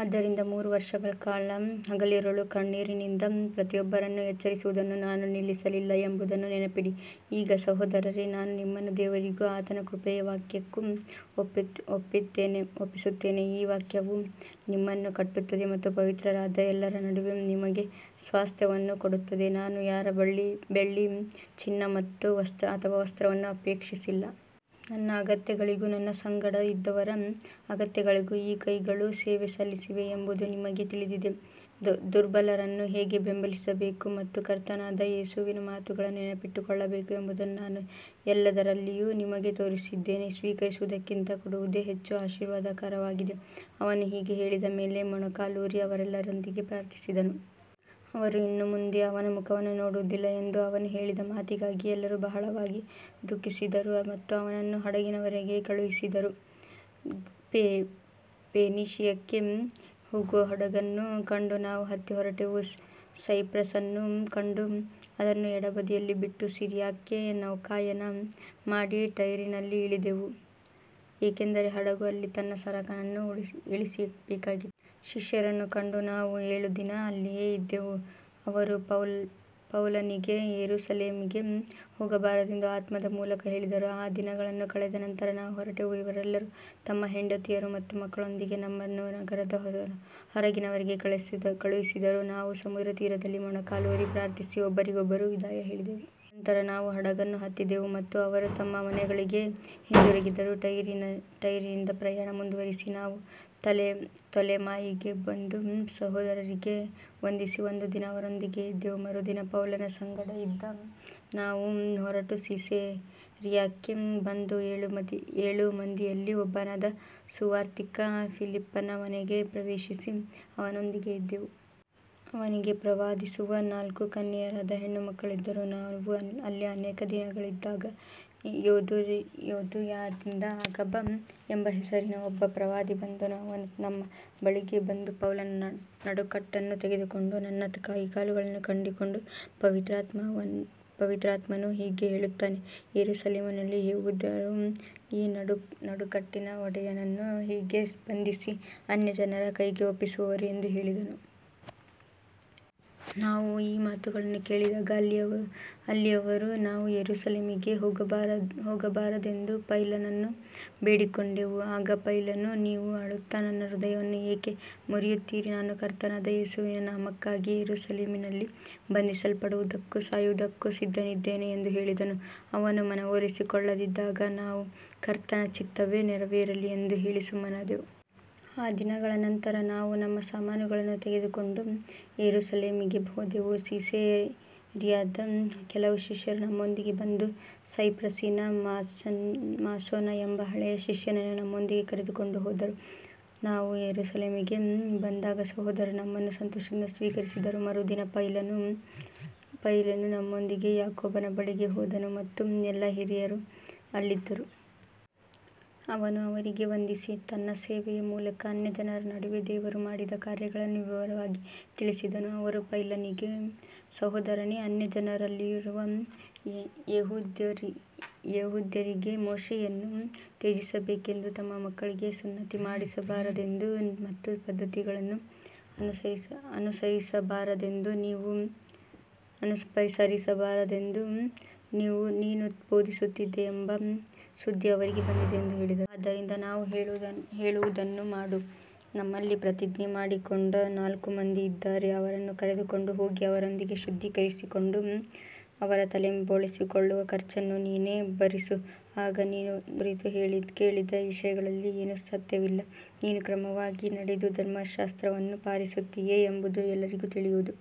ಆದ್ದರಿಂದ ಮೂರು ವರ್ಷಗಳ ಕಾಲ ಹಗಲಿರುಳು ಕಣ್ಣೀರಿನಿಂದ ಪ್ರತಿಯೊಬ್ಬರನ್ನೂ ಎಚ್ಚರಿಸುವುದನ್ನು ನಾನು ನಿಲ್ಲಿಸಲಿಲ್ಲ ಎಂಬುದನ್ನು ನೆನಪಿಡಿ. ಈಗ ಸಹೋದರರೇ, ನಾನು ನಿಮ್ಮನ್ನು ದೇವರಿಗೂ ಆತನ ಕೃಪೆಯ ವಾಕ್ಯಕ್ಕೂ ಒಪ್ಪಿಸುತ್ತೇನೆ. ಆ ವಾಕ್ಯವು ನಿಮ್ಮನ್ನು ಕಟ್ಟುತ್ತದೆ ಮತ್ತು ಪವಿತ್ರರಾದ ಎಲ್ಲರ ನಡುವೆ ನಿಮಗೆ ಸ್ವಾಸ್ತ್ಯವನ್ನು ಕೊಡುತ್ತದೆ. ನಾನು ಯಾರ ಬೆಳ್ಳಿ, ಚಿನ್ನ ಅಥವಾ ವಸ್ತ್ರವನ್ನೂ ಅಪೇಕ್ಷಿಸಲಿಲ್ಲ. ನನ್ನ ಅಗತ್ಯಗಳಿಗೂ ನನ್ನ ಸಂಗಡ ಇದ್ದವರ ಅಗತ್ಯಗಳಿಗೂ ಈ ಕೈಗಳು ಸೇವೆ ಸಲ್ಲಿಸಿವೆ ಎಂಬುದು ನಿಮಗೆ ತಿಳಿದಿದೆ. ದುರ್ಬಲರನ್ನು ಹೇಗೆ ಬೆಂಬಲಿಸಬೇಕು ಮತ್ತು ಕರ್ತನಾದ ಯೇಸುವಿನ ಮಾತುಗಳನ್ನು ನೆನಪಿಟ್ಟುಕೊಳ್ಳಬೇಕು ಎಂಬುದನ್ನು ನಾನು ಎಲ್ಲದರಲ್ಲಿಯೂ ನಿಮಗೆ ತೋರಿಸಿದ್ದೇನೆ. ಸ್ವೀಕರಿಸುವುದಕ್ಕಿಂತ ಕೊಡುವುದೇ ಹೆಚ್ಚು ಆಶೀರ್ವಾದಕರವಾಗಿದೆ. ಅವನು ಹೀಗೆ ಹೇಳಿದ ಮೇಲೆ ಮೊಣಕಾಲೂರಿ ಅವರೆಲ್ಲರೊಂದಿಗೆ ಪ್ರಾರ್ಥಿಸಿದನು. ಅವರು ಇನ್ನು ಮುಂದೆ ಅವನ ಮುಖವನ್ನು ನೋಡುವುದಿಲ್ಲ ಎಂದು ಅವನು ಹೇಳಿದ ಮಾತಿಗಾಗಿ ಎಲ್ಲರೂ ಬಹಳವಾಗಿ ದುಃಖಿಸಿದರು ಮತ್ತು ಅವನನ್ನು ಹಡಗಿನವರೆಗೆ ಕಳುಹಿಸಿದರು. ಫೆನೀಷಿಯಕ್ಕೆ ಹೋಗುವ ಹಡಗನ್ನು ಕಂಡು ನಾವು ಹತ್ತಿ ಹೊರಟೆವು. ಸೈಪ್ರಸನ್ನು ಕಂಡು ಅದನ್ನು ಎಡಬದಿಯಲ್ಲಿ ಬಿಟ್ಟು ಸಿರಿಯಾಕ್ಕೆ ನೌಕಾಯಾನ ಮಾಡಿ ಟೈರಿನಲ್ಲಿ ಇಳಿದೆವು, ಏಕೆಂದರೆ ಹಡಗು ಅಲ್ಲಿ ತನ್ನ ಸರಕನ್ನು ಇಳಿಸಬೇಕಾಗಿತ್ತು. ಶಿಷ್ಯರನ್ನು ಕಂಡು ನಾವು ಏಳು ದಿನ ಅಲ್ಲಿಯೇ ಇದ್ದೆವು. ಅವರು ಪೌಲನಿಗೆ ಯೆರೂಸಲೇಮಿಗೆ ಹೋಗಬಾರದೆಂದು ಆತ್ಮದ ಮೂಲಕ ಹೇಳಿದರು. ಆ ದಿನಗಳನ್ನು ಕಳೆದ ನಂತರ ನಾವು ಹೊರಟೆವು. ಅವರೆಲ್ಲರೂ ತಮ್ಮ ಹೆಂಡತಿಯರು ಮತ್ತು ಮಕ್ಕಳೊಂದಿಗೆ ನಮ್ಮನ್ನು ನಗರದ ಹೊರಗಿನವರೆಗೆ ಕಳುಹಿಸಿದರು. ನಾವು ಸಮುದ್ರತೀರದಲ್ಲಿ ಮೊಣಕಾಲೂರಿ ಪ್ರಾರ್ಥಿಸಿ ಒಬ್ಬರಿಗೊಬ್ಬರು ವಿದಾಯ ಹೇಳಿದೆವು. ನಂತರ ನಾವು ಹಡಗನ್ನು ಹತ್ತಿದೆವು ಮತ್ತು ಅವರು ತಮ್ಮ ಮನೆಗಳಿಗೆ ಹಿಂದಿರುಗಿದರು. ಟೈರಿನಿಂದ ಪ್ರಯಾಣ ಮುಂದುವರಿಸಿ ನಾವು ತೊಲೆಮಾಯಿಗೆ ಬಂದು ಸಹೋದರರಿಗೆ ವಂದಿಸಿ ಒಂದು ದಿನ ಅವರೊಂದಿಗೆ ಇದ್ದೆವು. ಮರುದಿನ ಪೌಲನ ಸಂಗಡ ಇದ್ದ ನಾವು ಹೊರಟು ಸಿಸೇರಿಯಾಕ್ಕೆ ಬಂದು ಏಳು ಮಂದಿಯಲ್ಲಿ ಒಬ್ಬನಾದ ಸುವಾರ್ತಿಕ ಫಿಲಿಪ್ಪನ ಮನೆಗೆ ಪ್ರವೇಶಿಸಿ ಅವನೊಂದಿಗೆ ಇದ್ದೆವು. ಅವನಿಗೆ ಪ್ರವಾದಿಸುವ ನಾಲ್ಕು ಕನ್ಯೆಯರಾದ ಹೆಣ್ಣುಮಕ್ಕಳಿದ್ದರು. ನಾವು ಅಲ್ಲಿ ಅನೇಕ ದಿನಗಳಿದ್ದಾಗ ಯೂದಾಯದಿಂದ ಅಗಬ ಎಂಬ ಹೆಸರಿನ ಒಬ್ಬ ಪ್ರವಾದಿ ಬಂದನು. ಅವನು ನಮ್ಮ ಬಳಿಗೆ ಬಂದು ಪೌಲನ ನಡುಕಟ್ಟನ್ನು ತೆಗೆದುಕೊಂಡು ತನ್ನ ಕೈಕಾಲುಗಳನ್ನು ಕಟ್ಟಿಕೊಂಡು, ಪವಿತ್ರಾತ್ಮನು ಹೀಗೆ ಹೇಳುತ್ತಾನೆ, ಯೆರೂಸಲೇಮಿನಲ್ಲಿ ಯೆಹೂದ್ಯರು ಈ ನಡುಕಟ್ಟಿನ ಒಡೆಯನನ್ನು ಹೀಗೆ ಬಂಧಿಸಿ ಅನ್ಯಜನರ ಕೈಗೆ ಒಪ್ಪಿಸುವರು ಎಂದು ಹೇಳಿದನು. ನಾವು ಈ ಮಾತುಗಳನ್ನು ಕೇಳಿದಾಗ ಅಲ್ಲಿಯವರೂ ನಾವೂ ಯೆರೂಸಲೇಮಿಗೆ ಹೋಗಬಾರದೆಂದು ಪೌಲನನ್ನು ಬೇಡಿಕೊಂಡೆವು. ಆಗ ಪೌಲನು, ನೀವು ಅಳುತ್ತಾ ನನ್ನ ಹೃದಯವನ್ನು ಏಕೆ ಮುರಿಯುತ್ತೀರಿ, ನಾನು ಕರ್ತನಾದ ಯೇಸುವಿನ ನಾಮಕ್ಕಾಗಿ ಯೆರೂಸಲೇಮಿನಲ್ಲಿ ಬಂಧಿಸಲ್ಪಡುವುದಕ್ಕೂ ಸಾಯುವುದಕ್ಕೂ ಸಿದ್ಧನಿದ್ದೇನೆ ಎಂದು ಹೇಳಿದನು. ಅವನು ಮನವೊಲಿಸಿಕೊಳ್ಳದಿದ್ದಾಗ ನಾವು, ಕರ್ತನ ಚಿತ್ತವೇ ನೆರವೇರಲಿ ಎಂದು ಹೇಳಿ ಸುಮ್ಮನಾದೆವು. ಆ ದಿನಗಳ ನಂತರ ನಾವು ನಮ್ಮ ಸಾಮಾನುಗಳನ್ನು ತೆಗೆದುಕೊಂಡು ಯೆರೂಸಲೇಮಿಗೆ ಹೋದೆವು. ಸಿಸೇರಿಯಾದ ಕೆಲವು ಶಿಷ್ಯರೂ ನಮ್ಮೊಂದಿಗೆ ಬಂದು ಸೈಪ್ರಸಿನ ಮ್ನಾಸೋನ ಎಂಬ ಹಳೆಯ ಶಿಷ್ಯನನ್ನು ನಮ್ಮೊಂದಿಗೆ ಕರೆದುಕೊಂಡು ಹೋದರು. ನಾವು ಯೆರೂಸಲೇಮಿಗೆ ಬಂದಾಗ ಸಹೋದರರು ನಮ್ಮನ್ನು ಸಂತೋಷದಿಂದ ಸ್ವೀಕರಿಸಿದರು. ಮರುದಿನ ಪೌಲನು ನಮ್ಮೊಂದಿಗೆ ಯಾಕೋಬನ ಬಳಿಗೆ ಹೋದನು ಮತ್ತು ಎಲ್ಲಾ ಹಿರಿಯರೂ ಅಲ್ಲಿದ್ದರು. ಅವನು ಅವರಿಗೆ ವಂದಿಸಿ, ತನ್ನ ಸೇವೆಯ ಮೂಲಕ ಅನ್ಯಜನರ ನಡುವೆ ದೇವರು ಮಾಡಿದ ಕಾರ್ಯಗಳನ್ನು ವಿವರವಾಗಿ ತಿಳಿಸಿದನು. ಅವರು ಪೌಲನಿಗೆ, ಸಹೋದರನೇ, ಅನ್ಯಜನರಲ್ಲಿರುವ ಯೆಹೂದ್ಯರಿಗೆ ಮೋಶೆಯನ್ನು ತ್ಯಜಿಸಬೇಕೆಂದು, ತಮ್ಮ ಮಕ್ಕಳಿಗೆ ಸುನ್ನತಿ ಮಾಡಿಸಬಾರದೆಂದು ಮತ್ತು ಪದ್ಧತಿಗಳನ್ನು ಅನುಸರಿಸಬಾರದೆಂದು ನೀನು ಬೋಧಿಸುತ್ತೀಯೆಂಬ ಸುದ್ದಿ ಅವರಿಗೆ ಬಂದಿದೆ ಎಂದು ಹೇಳಿದರು. ಆದ್ದರಿಂದ ನಾವು ಹೇಳುವುದನ್ನು ಮಾಡು. ನಮ್ಮಲ್ಲಿ ಪ್ರತಿಜ್ಞೆ ಮಾಡಿಕೊಂಡ ನಾಲ್ಕು ಮಂದಿ ಇದ್ದಾರೆ. ಅವರನ್ನು ಕರೆದುಕೊಂಡು ಹೋಗಿ ಅವರೊಂದಿಗೆ ಶುದ್ಧೀಕರಿಸಿಕೊಂಡು ಅವರ ತಲೆ ಬೋಳಿಸಿಕೊಳ್ಳುವ ಖರ್ಚನ್ನು ನೀನೇ ಭರಿಸು. ಆಗ ನಿನ್ನ ಕುರಿತು ಕೇಳಿದ ವಿಷಯಗಳಲ್ಲಿ ಏನೂ ಸತ್ಯವಿಲ್ಲ, ನೀನೂ ಕ್ರಮವಾಗಿ ನಡೆದು ಧರ್ಮಶಾಸ್ತ್ರವನ್ನು ಪಾಲಿಸುತ್ತೀಯೆ ಎಂಬುದು ಎಲ್ಲರಿಗೂ ತಿಳಿಯುವುದು.